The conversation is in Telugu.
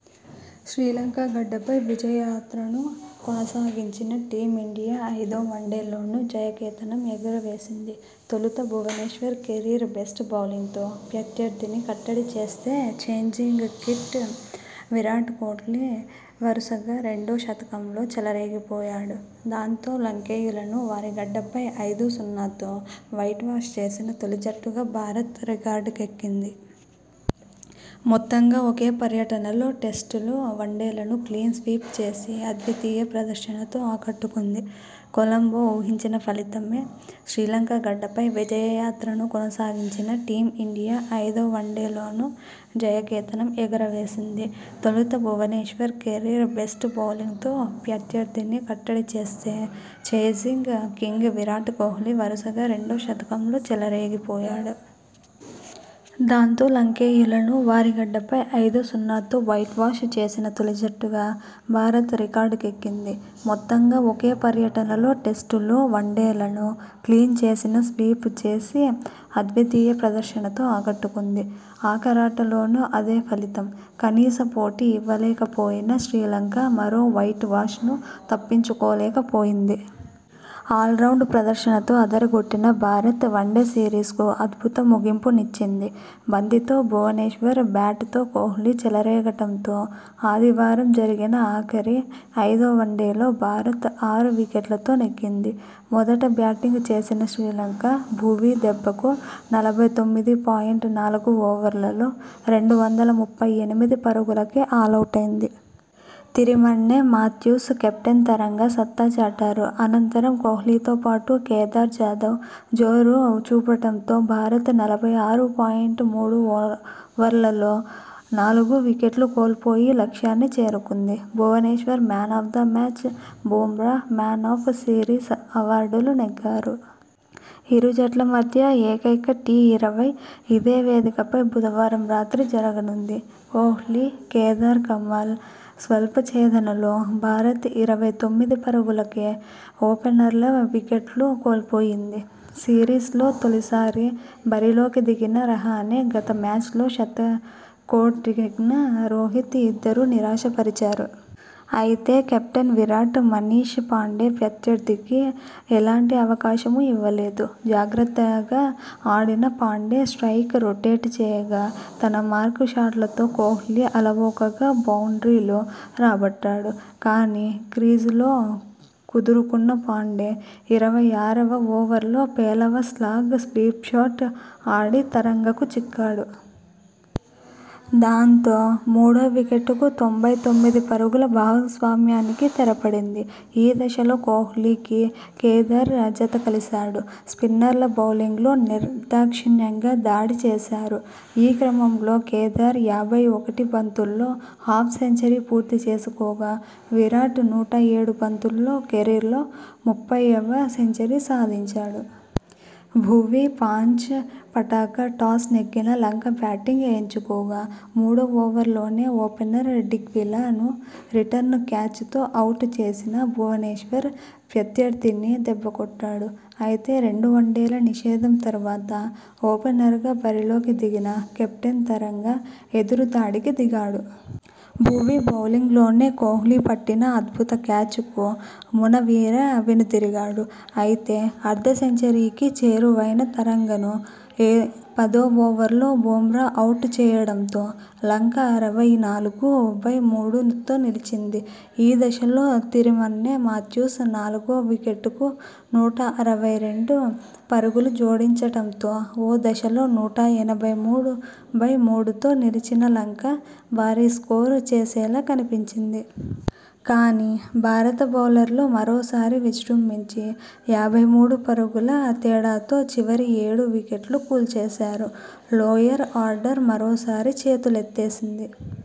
శ్రీలంక గడ్డపై విజయయాత్రను కొనసాగించిన టీం ఇండియా ఐదో వన్డేలోనూ జయ కేతనం ఎగురవేసింది. తొలుత భువనేశ్వర్ కెరీర్ బెస్ట్ బౌలింగ్ తో ప్రత్యర్థిని కట్టడి చేస్తే ఛేజింగ్ కింగ్ విరాట్ కోహ్లీ వరుసగా రెండో శతకంతో చెలరేగిపోయాడు. దాంతో, లంకేయులను వారి గడ్డపై ఐదు సున్నాతో వైట్ వాష్ చేసిన తొలి జట్టుగా భారత్ రికార్డుకెక్కింది. మొత్తంగా ఒకే పర్యటనలో టెస్టులు, వన్డేలను క్లీన్ స్వీప్ చేసి అద్వితీయ ప్రదర్శనతో ఆకట్టుకుంది. కొలంబో ఊహించిన ఫలితమే. శ్రీలంక గడ్డపై విజయయాత్రను కొనసాగించిన టీం ఇండియా ఐదో వన్డే లోనూ జయకేతనం ఎగురవేసింది. తొలుత భువనేశ్వర్ కెరీర్ బెస్ట్ బౌలింగ్ తో ప్రత్యర్థిని కట్టడి చేస్తే ఛేజింగ్ కింగ్ విరాట్ కోహ్లీ వరుసగా రెండో శతకంతో చెలరేగిపోయాడు. దాంతో, లంకేయులను వారిగడ్డపై ఐదు సున్నాతో వైట్ వాష్ చేసిన తొలి జట్టుగా భారత్ రికార్డుకెక్కింది. మొత్తంగా ఒకే పర్యటనలో టెస్టులు, వన్డేలను క్లీన్ చేసినా స్వీప్ చేసి అద్వితీయ ప్రదర్శనతో ఆకట్టుకుంది. ఆఖరాటలోనూ అదే ఫలితం. కనీస పోటీ ఇవ్వలేకపోయిన శ్రీలంక మరో వైట్ వాష్ ను తప్పించుకోలేకపోయింది. ఆల్రౌండ్ ప్రదర్శనతో అదరగొట్టిన భారత్ వన్డే సిరీస్ కు అద్భుత ముగింపు నిచ్చింది. బంతితో భువనేశ్వర్, బ్యాట్ తో కోహ్లీ చెలరేగడంతో ఆదివారం జరిగిన ఆఖరి, ఐదో వన్డేలో భారత్ ఆరు వికెట్లతో నెగ్గింది. మొదట బ్యాటింగ్ చేసిన శ్రీలంక. భువీ దెబ్బకు నలభై తొమ్మిది పాయింట్ నాలుగు ఓవర్లలో రెండు వందల ముప్పై ఎనిమిది పరుగులకే ఆలౌటైంది. తిరిమన్నె, మాథ్యూస్, కెప్టెన్ తరంగ సత్తా చాటారు. అనంతరం కోహ్లీతో పాటు కేదార్ జాదవ్ జోరు చూపడంతో భారత్ నలభై ఆరు పాయింట్ మూడు ఓవర్లలో నాలుగు వికెట్లు కోల్పోయి లక్ష్యాన్ని చేరుకుంది. Bhuvneshwar 'man of the match', Bumrah 'man of series' అవార్డులు నెగ్గారు. ఇరు జట్ల మధ్య ఏకైక టీ ఇరవై ఇదే వేదికపై బుధవారం రాత్రి జరగనుంది. కోహ్లీ, కేదార్ కమాల్ స్వల్ప ఛేదనలో భారత్ ఇరవై తొమ్మిది పరుగులకే ఓపెనర్ల వికెట్లు కోల్పోయింది. సిరీస్ లో తొలిసారి బరిలోకి దిగిన రహానె, గత మ్యాచ్లో శతక్కొట్టిన రోహిత్ ఇద్దరూ నిరాశ పరిచారు. అయితే, కెప్టెన్ విరాట్, మనీష్ పాండే ప్రత్యర్థికి ఎలాంటి అవకాశమూ ఇవ్వలేదు. జాగ్రత్తగా ఆడిన పాండే స్ట్రయిక్ రొటేట్ చేయగా. తన మార్కు షాట్లతో కోహ్లీ అలవోకగా బౌండ్రీలు రాబట్టాడు. కానీ, క్రీజులో కుదురుకున్న పాండే. ఇరవై ఆరువ ఓవర్ లో పేలవ స్లాగ్ స్వీప్ షాట్ ఆడి తరంగకు చిక్కాడు. దాంతో, మూడో వికెట్ కు తొంభై తొమ్మిది పరుగుల భాగస్వామ్యానికి తెరపడింది. ఈ దశలో కోహ్లీకి కే కేదార్ జతకలిశాడు. స్పిన్నర్ల బౌలింగ్ లో నిర్దాక్షిణ్యంగా దాడి చేశారు. ఈ క్రమంలో కేదార్ యాభై ఒకటి బంతుల్లో హాఫ్ సెంచరీ పూర్తి చేసుకోగా. విరాట్ నూట ఏడు బంతుల్లో కెరీర్లో ముప్పైవ సెంచరీ సాధించాడు. భువీ పాంచ్ పటాకా టాస్ నెగ్గిన లంక బ్యాటింగ్ ఎంచుకోగా. మూడో ఓవర్ లోనే ఓపెనర్ డిక్వెలా ను రిటర్న్ క్యాచ్ తో అవుట్ చేసిన భువనేశ్వర్ ప్రత్యర్థిని దెబ్బకొట్టాడు. అయితే, రెండు వన్డేల నిషేధం తర్వాత ఓపెనర్ గా బరిలోకి దిగిన కెప్టెన్ తరంగ ఎదురుదాడికి దిగాడు. భువీ బౌలింగ్ లోనే కోహ్లీ పట్టిన అద్భుత క్యాచ్ కు మునవీర వెనుదిరిగాడు. అయితే, అర్ధ సెంచరీకి చేరువైన తరంగను పదో ఓవర్లో బుమ్రా అవుట్ చేయడంతో లంక అరవై నాలుగు బై మూడుతో నిలిచింది. ఈ దశలో తిరిమన్నె, మాథ్యూస్ నాలుగో వికెట్ కు నూట ఇరవై రెండు పరుగులు జోడించడంతో ఓ దశలో నూట ఎనభై మూడు బై మూడుతో నిలిచిన లంక భారీ స్కోరు చేసేలా కనిపించింది. కానీ, భారత బౌలర్లు మరోసారి విజృంభించి యాభై మూడు పరుగుల తేడాతో చివరి ఏడు వికెట్లు కూల్చేశారు. లోయర్ ఆర్డర్ మరోసారి చేతులెత్తేసింది.